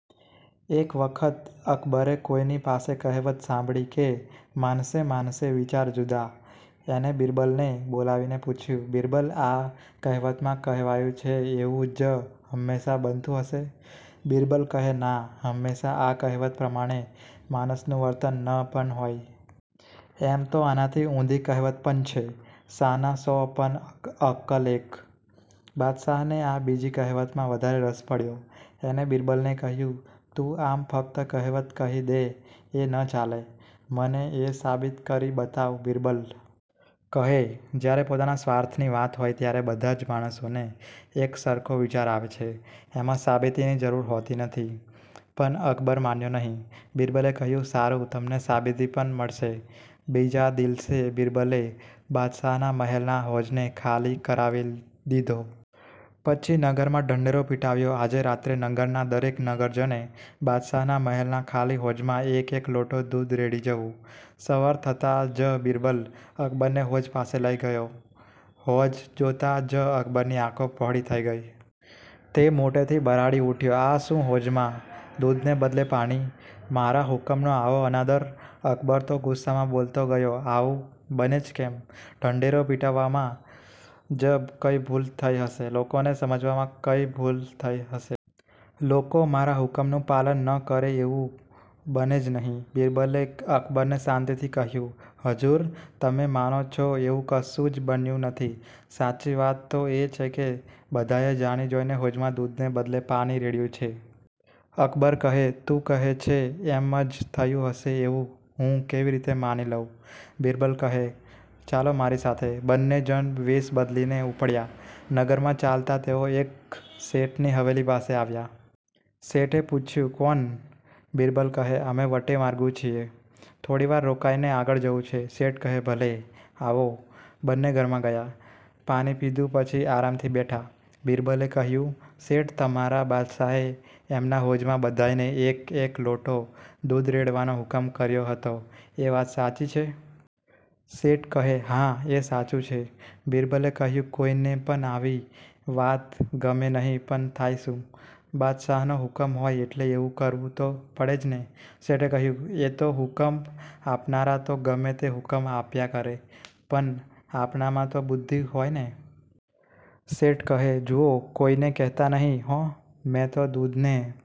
એક વખત અકબરે કોઈની પાસે કહેવત સાંભળી કે માણસે માણસે વિચાર જુદા. એણે બીરબલને બોલાવીને પૂછયું, બીરબલ, આ કહેવતમાં કહેવાયું છે એવું જ હમેશાં બનતું હશે? બીરબલ કહે, ના હમેશાં આ કહેવત પ્રમાણે માણસનું વર્તન ન પણ હોય. એમ તો આનાથી ઊંધી કહેવત પણ છે – શાણા સો પણ અ અક્કલ એક. બાદશાહને આ બીજી કહેવતમાં વધારે રસ પડયો. એણે બીરબલને કહ્યું, તું આમ ફકત કહેવત કહી દે એ ન ચાલે. મને એ સાબિત કરી બતાવ. બીરબલ કહે, જ્યારે પોતાના સ્વાર્થની વાત હોય ત્યારે બધાજ માણસોને એક સરખો વિચાર આવે છે. એમાં સાબિતીની જરૂર હોતી નથી. પણ અકબર માન્યો નહીં. બીરબલે કહ્યું, સારું, તમને સાબિતી પણ મળશે. બીજા દિલસે બીરબલે બાદશાહના મહેલના હોજને ખાલી કરાવી દીધો. પછી નગરમાં ઢંઢેરો પિટાવ્યો, આજે રાત્રે નગરના દરેક નગરજને બાદશાહના મહેલના ખાલી હોજમાં એક-એક લોટો દૂધ રેડી જવું. સવાર થતાં જ બીરબલ અકબરને હોજ પાસે લઈ ગયો. હોજ જોતાં જ અકબરની આંખો પહોળી થઈ ગઈ. તે મોટેથી બરાડી ઊઠ્યો, આ શું, હોજમાં દૂધને બદલે પાણી! મારા હુકમનો આવો અનાદર! અકબર તો ગુસ્સામાં બોલતો ગયો આવું બને જ કેમ? ઢંઢેરો પિટવવામાં જ કંઈ ભૂલ થઈ હશે! લોકોને સમજવામાં કંઈ ભૂલ થઈ હશે! લોકો મારા હુકમનું પાલન ન કરે એવું બને જ નહિ? બીરબલે અકબરને શાંતિથી કહ્યું, હજૂર, તમે માનો છો એવું કશું જ બન્યું નથી. સાચી વાત તો એ છે કે બધાએ જાણી જોઈને હોજમાં દૂધને બદલે પાણી રેડ્યું છે. અકબર કહે, તું કહે છે એમ જ થયું હશે એવું હું કેવી રીતે માની લઉં? બીરબલ કહે, ચાલો મારી સાથે. બંને જણ વેશ બદલીને ઊપડ્યા. નગરમાં ચાલતાં તેઓ એક શેઠની હવેલી પાસે આવ્યા. શેઠે પૂછયું, કોણ? બીરબલ કહે, અમે વટેમાર્ગુ છીએ. થોડીવાર રોકાઈને આગળ જવું છે. શેઠ કહે, ભલે, આવો. બંને ઘરમાં ગયા. પાણી પીધું. પછી આરામથી બેઠા. બીરબલે કહ્યું, શેઠ! તમારા બાદશાહે એમના હોજમાં બધાયને એક –એક લોટો દૂધ રેડવાનો હુકમ કર્યો હતો એ વાત સાચી છે? શેઠ કહે, હા, એ સાચું છે. બીરબલે કહ્યું, કોઈને પણ આવી વાત ગમે નહીં પણ થાય શું? બાદશાહનો હુકમ હોય એટલે એવું કરવું તો પડે જ ને? શેઠે કહ્યું, એ તો હુકમ આપનારા તો ગમે તે હુકમ આપ્યા કરે પણ આપણામાં તો બુદ્ધિ હોય ને? શેઠ કહે, જુઓ! કોઈને કહેતા નહીં, હોં. મેં તો દૂધને